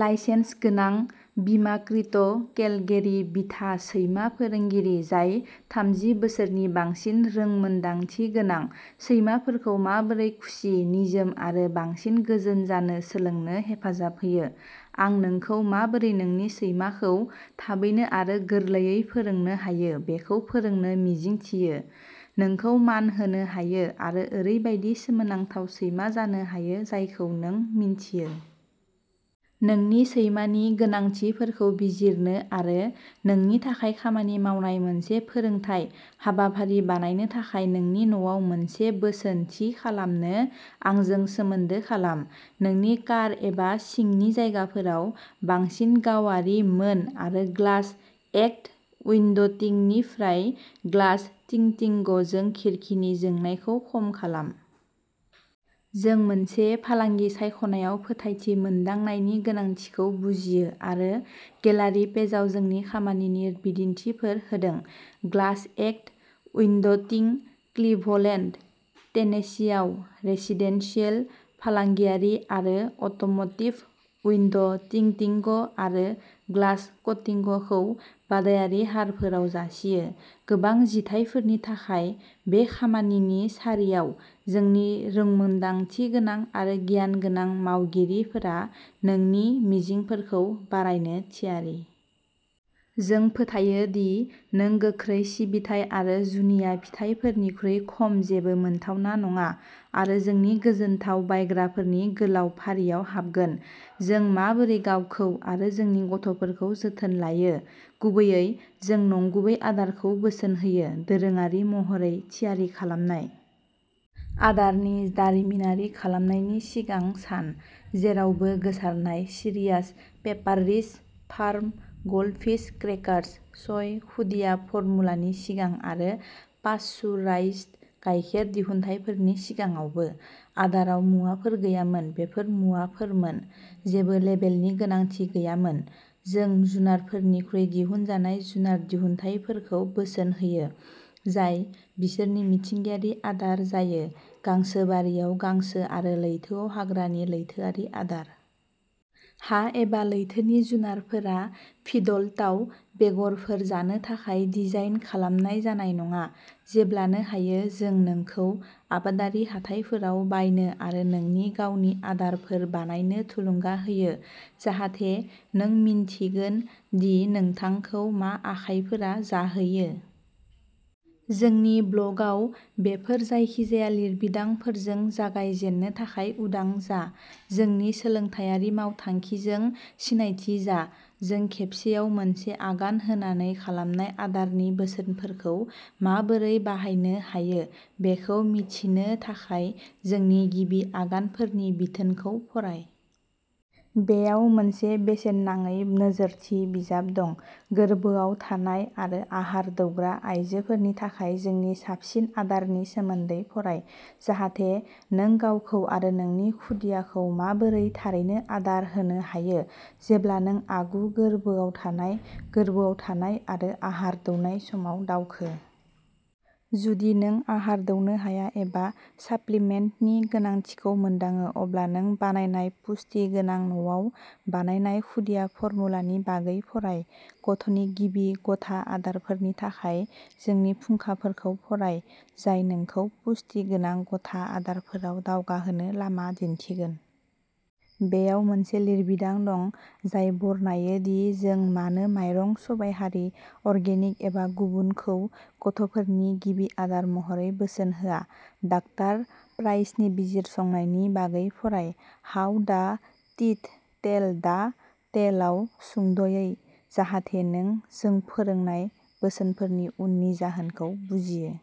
Licence गोनां बीमाकृत केलगेरी बिथा सैमा फोरोंगिरि जाय थामजि बोसोरनि बांसिन रोंमोन्दांथि गोनां, सैमाफोरखौ माबोरै खुसि, निजोम आरो बांसिन गोजोन जानो सोलोंनो हेफाजाब होयो। आं नोंखौ माबोरै नोंनि सैमाखौ थाबैनो आरो गोरलैयै फोरोंनो हायो बेखौ फोरोंनो मिजिंथियो, नोंखौ मान होनो हायो आरो ओरैबायदि सोमोनांथाव सैमा जानो हायो जायखौ नों मिन्थियो। नोंनि सैमानि गोनांथिफोरखौ बिजिरनो आरो नोंनि थाखाय खामानि मावनाय मोनसे फोरोंथाय हाबाफारि बानायनो थाखाय नोंनि न'आव मोनसे बोसोन थि खालामनो आंजों सोमोन्दो खालाम। नोंनि कार एबा सिंनि जायगाफोराव बांसिन गावारि मोन आरो ग्लास एक्ट उइन्ड'टिंनिफ्राय ग्लास टिंटिंगजों खिरखिनि जोंनायखौ खम खालाम। जों मोनसे फालांगि सायख'नायाव फोथायथि मोनदांनायनि गोनांथिखौ बुजियो आरो गेलारि पेजआव जोंनि खामानिनि बिदिन्थिफोर होदों। ग्लास एक्ट उइन्ड'टिं क्लिभलेन्ड, टेनेसीआव, रेसिदेन्सियेल, फालांगियारि आरो अट'म'टिभ उइन्ड'टिंटिंग आरो ग्लास कटिंगखौ बादायारि हारफोराव जासियो। गोबां जिथायफोरनि थाखाय बे खामानिनि सारियाव, जोंनि रोंमोन्दांथिगोनां आरो गियानगोनां मावगिरिफोरा नोंनि मिजिंफोरखौ बारायनो थियारि। जों फोथायो दि नों गोख्रै सिबिथाइ आरो जुनिया फिथायफोरनिख्रुइ खम जेबो मोनथावना नङा। आरो जोंनि गोजोनथाव बायग्राफोरनि गोलाव फारियाव हाबगोन। जों माबोरै गावखौ आरो जोंनि गथ'फोरखौ जोथोन लायो? गुबैयै, जों नंगुबै आदारखौ बोसोन होयो, दोरोङारि महरै थियारि खालामनाय। आदारनि दारिमिनारि खालामनायनि सिगां सान। जेरावबो गोसारनाय Cheerios, Pepperidge Farm Goldfish crackers, सय खुदिया फर्मुलानि सिगां आरो पास्चुराइज्ड गायखेर दिहुनथायफोरनि सिगाङावबो। आदाराव मुवाफोर गैयामोन, बेफोर मुवाफोरमोन। जेबो लेबेलनि गोनांथि गैयामोन। जों जुनारफोरनिफ्राय दिहुनजानाय जुनार दिहुनथायफोरखौ बोसोन होयो, जाय बिसोरनि मिथिंगायारि आदार जायो, गांसोबारिआव गांसो आरो लैथोआव हाग्रानि लैथोआरि आदार। हा एबा लैथोनि जुनारफोरा फिडलटआव बेगरफोर जानो थाखाय डिजाइन खालाम जानाय नङा। जेब्लानो हायो, जों नोंखौ आबादारि हाथाइफोराव बायनो आरो नोंनि गावनि आदारफोर बानायनो थुलुंगा होयो, जाहाथे नों मिन्थिगोन दि नोंथांखौ मा आखायफोरा जाहैयो। जोंनि ब्ल'गआव बेफोर जायखिजाया लिरबिदांफोरजों जागाय जेननो थाखाय उदां जा। जोंनि सोलोंथायारि मावथांखिजों सिनायथि जा। जों खेबसेआव मोनसे आगान होनानै खालामनाय आदारनि बोसोनफोरखौ माबोरै बाहायनो हायो बेखौ मिथिनो थाखाय जोंनि गिबि आगानफोरनि बिथोनखौ फराय। बेयाव मोनसे बेसेन नाङै नोजोरथि बिजाब दं। गोरबोआव थानाय आरो आहार दौग्रा आयजोफोरनि थाखाय जोंनि साबसिन आदारनि सोमोन्दै फराय, जाहाथे नों गावखौ आरो नोंनि खुदियाखौ माबोरै थारैनो आदार होनो हायो, जेब्ला नों आगु गोर्बोआव थानाय, गोर्बोआव थानाय आरो आहार दौनाय समाव दावखो। जुदि नों आहार दौनो हाया एबा साप्लिमेन्टनि गोनांथिखौ मोनदाङो, अब्ला नों बानायनाय पुष्टि गोनां न'आव बानायनाय खुदिया फर्मुलानि बागै फराय। गथ'नि गिबि गथा आदारफोरनि थाखाय जोंनि फुंखाफोरखौ फराय, जाय नोंखौ पुष्टि गोनां गथा आदारफोराव दावगाहोनो लामा दिन्थिगोन। बेयाव मोनसे लिरबिदां दं, जाय बरनायो दि जों मानो माइरं सबायहारि, अर्गेनिक एबा गुबुनखौ, गथ'फोरनि गिबि आदार महरै बोसोन होआ। डाक्टार प्राइसनि बिजिरसंनायनि बागै फराय, हाउ दा टीथ टेल दा टेलआव सुंद'यै, जाहाथे नों जों फोरोंनाय बोसोनफोरनि उननि जाहोनखौ बुजियो।